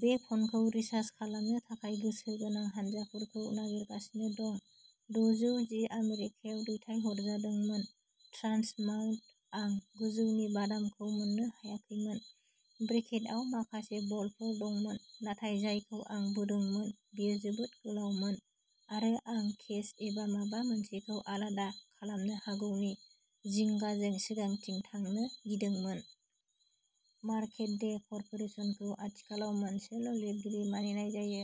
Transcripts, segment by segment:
बे फ'नखौ रिजार्भ खालामनो थाखाय गोसो गोनां हानजाफोरखौ नागिरगासिनो दं। दजौ जि आमेरिकायाव दैथायहरजादोंमोन। ट्रान्स माउन्ट आं गोजौनि बादामखौ मोन्नो हायाखैमोन। ब्रेकेटआव माखासे बल्टफोर दंमोन नाथाय जायखौ आं बोदोंमोन बेयो जोबोद गोलावमोन आरो आं केस एबा माबा मोनसेखौ आलादा खालामनो हागौनि जिंगाजों सिगांथिं थांनो गिदोंमोन। मार्केट डे कर्प'रेसनखौ आथिखालाव मोनसेल' लिरगिरि मानिनाय जायो।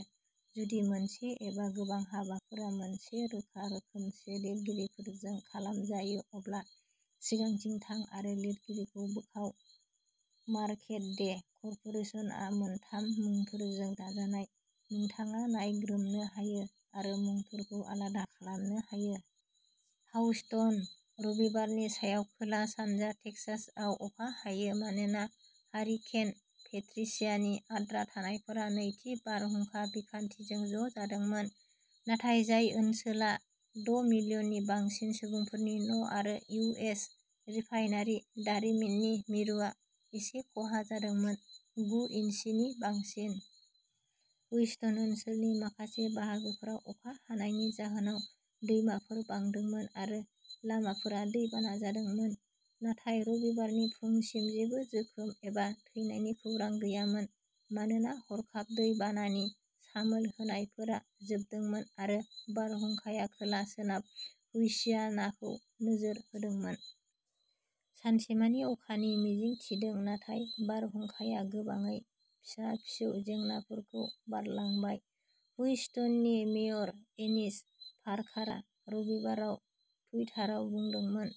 जुदि मोनसे एबा गोबां हाबाफोरा मोनसे रोखा रोखोमसे लिरगिरिफोरजों खालामजायो अब्ला सिगांथिं थां आरो लिरगिरिखौ बोखाव। मार्केट डे कर्प'रेसनआ मोन थाम मुंफोरजों दाजानाय। नोंथाङा नायग्रोमनो हायो आरो मुंफोरखौ आलादा खालामनो हायो। हाउस्टन रबिबारनि सानाव खोला सानजा टेक्सासआव अखा हायो मानोना हारिकेन पेट्रिशियानि आद्रा थानायफोरा नैथि बारहुंखा बिखान्थिजों ज'जादोंमोन नाथाय जाय ओनसोला द'मिलियननि बांसिन सुबुंफोरनि न'आरो इउ एस रिफाइनारि दारिमिननि मिरुआ एसे खहा जादोंमोन। गु इन्सि नि बांसिन। ह्यूस्टन ओनसोलनि माखासे बाहागोफोराव अखा हानायनि जाहोनाव दैमाफोर बांदोंमोन आरो लामाफोरा दैबाना जादोंमोन नाथाय रबिबारनि फुंसिम जेबो जोखोम एबा थैनायनि खौरां गैयामोन मानोना हरखाब दै बानानि सामोल होनायफोरा जोबदोंमोन आरो बारहुंखाया खोला सोनाब लुइसियानाखौ नोजोर होदोंमोन। सानसेमानि अखानि मिजिं थिदों नाथाय बारहुंखाया गोबाङैनो फिसा-फिसौ जेंनाफोरजों बारलांबाय ह्यूस्टननि मेयर एनिस पार्कारा रबिबाराव टुइटाराव बुंदोंमोन।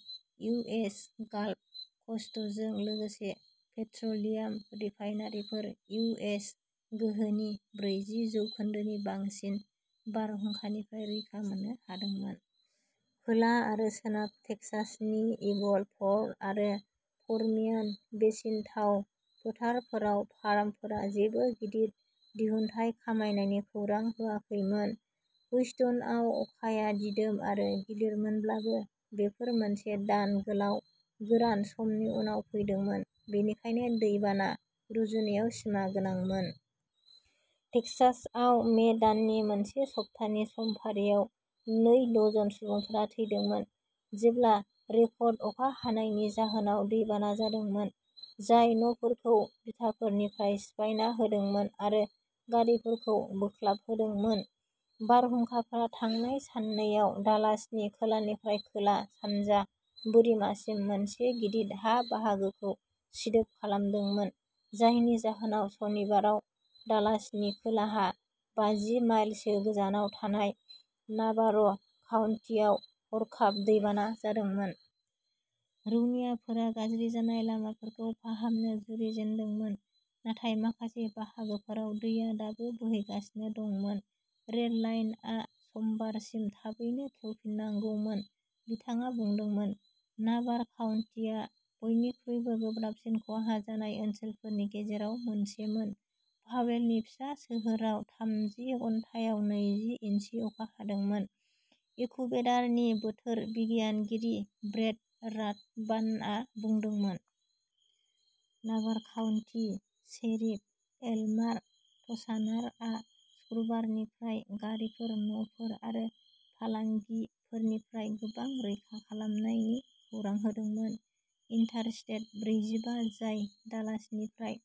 इउ एस गाल्फ क'स्टजों लोगोसे पेट्र'लियाम रिफाइनारिफोर इउ एस गोहोनि ब्रैजि जौखोन्दोनि बांसिन बारहुंखानिफ्राय रैखा मोननो हादोंमोन। खोला आरो सोनाब टेक्सासनि ईगल फ'र्ड आरो पर्मियान बेसिन थाव फोथारफोराव फार्मफोरा जेबो गिदिर दिहुनथाइ खमायनायनि खौरां होआखैमोन। ह्यूस्टनआव अखाया दिदोम आरो गिलिरमोनब्लाबो बेफोर मोनसे दान गोलाव गोरान समनि उनाव फैदोंमोन बेनिखायनो दैबाना रुजुनायाव सिमागोनांमोन। टेक्सासआव मे दाननि मोनसे सप्तानि समफारियाव नै दजन सुबुंफोरा थैदोंमोन जेब्ला रेकर्ड अखा हानायनि जाहोनाव दैबाना जादोंमोन जाय न'फोरखौ बिथाफोरनिफ्राय सिफायना होदोंमोन आरो गारिफोरखौ बोख्लाबहोदोंमोन। बारहुंखाफोरा थांनाय साननैआव डालासनि खोलानिफ्राय खोला सानजा बोरिमासिम मोनसे गिदिर हा बाहागोखौ सिदोब खालामदोंमोन जायनि जाहोनाव शनिबाराव डालासनि खोलाहा बाजि माइल सो गोजानाव थानाय नाभार'काउन्टीआव हरखाब दैबाना जादोंमोन। रौनियाफोरा गाज्रि जानाय लामाफोरखौ फाहामनो जुरिजेनदोंमोन नाथाय माखासे बाहागोफोराव दैआ दाबो बोहैगासिनो दंमोन। रेल लाइनआ समबारसिम थाबैनो खेवफिननांगौमोन बिथाङा बुंदोंमोन। नाभार'काउन्टीआ बयनिख्रुइबो गोब्राबसिन खहा जानाय ओनसोलफोरनि गेजेराव मोनसेमोन। पावेलनि फिसा सोहोराव थामजि घन्टायाव नैजि इन्सि अखा हादोंमोन एकुवेदारनि बोथोर बिगियानगिरि ब्रेट राथबानआ बुंदोंमोन। नाभार'काउन्टी शेरिफ एल्मार ट्यानारआ सुक्रुबारनिफ्राय गारिफोर न'फोर आरो फालांगिफोरनिफ्राय गोबां रैखा खालामनायनि खौरां होदोंमोन। इन्टारस्टेट ब्रैजिबा जाय डालासनिफ्राय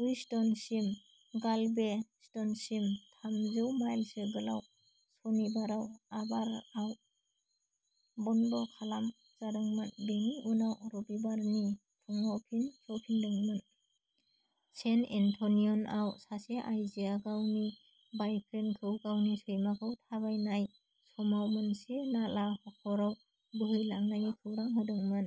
ह्यूस्टनसिम गालवेस्टनसिम थामजौ माइलसो गोलाव सनिबाराव नाभार'आव बन्द' खालाम जादोंमोन बेनि उनाव रबिबारनि फुंआव फिन खेवफिनदोंमोन। सेन एन्ट'निय'आव सासे आइजोआ गावनि बायफ्रेन्डखौ गावनि सैमाखौ थाबायनाय समाव मोनसे नाला हाखराव बोहैलांनायनि खौरां होदोंमोन।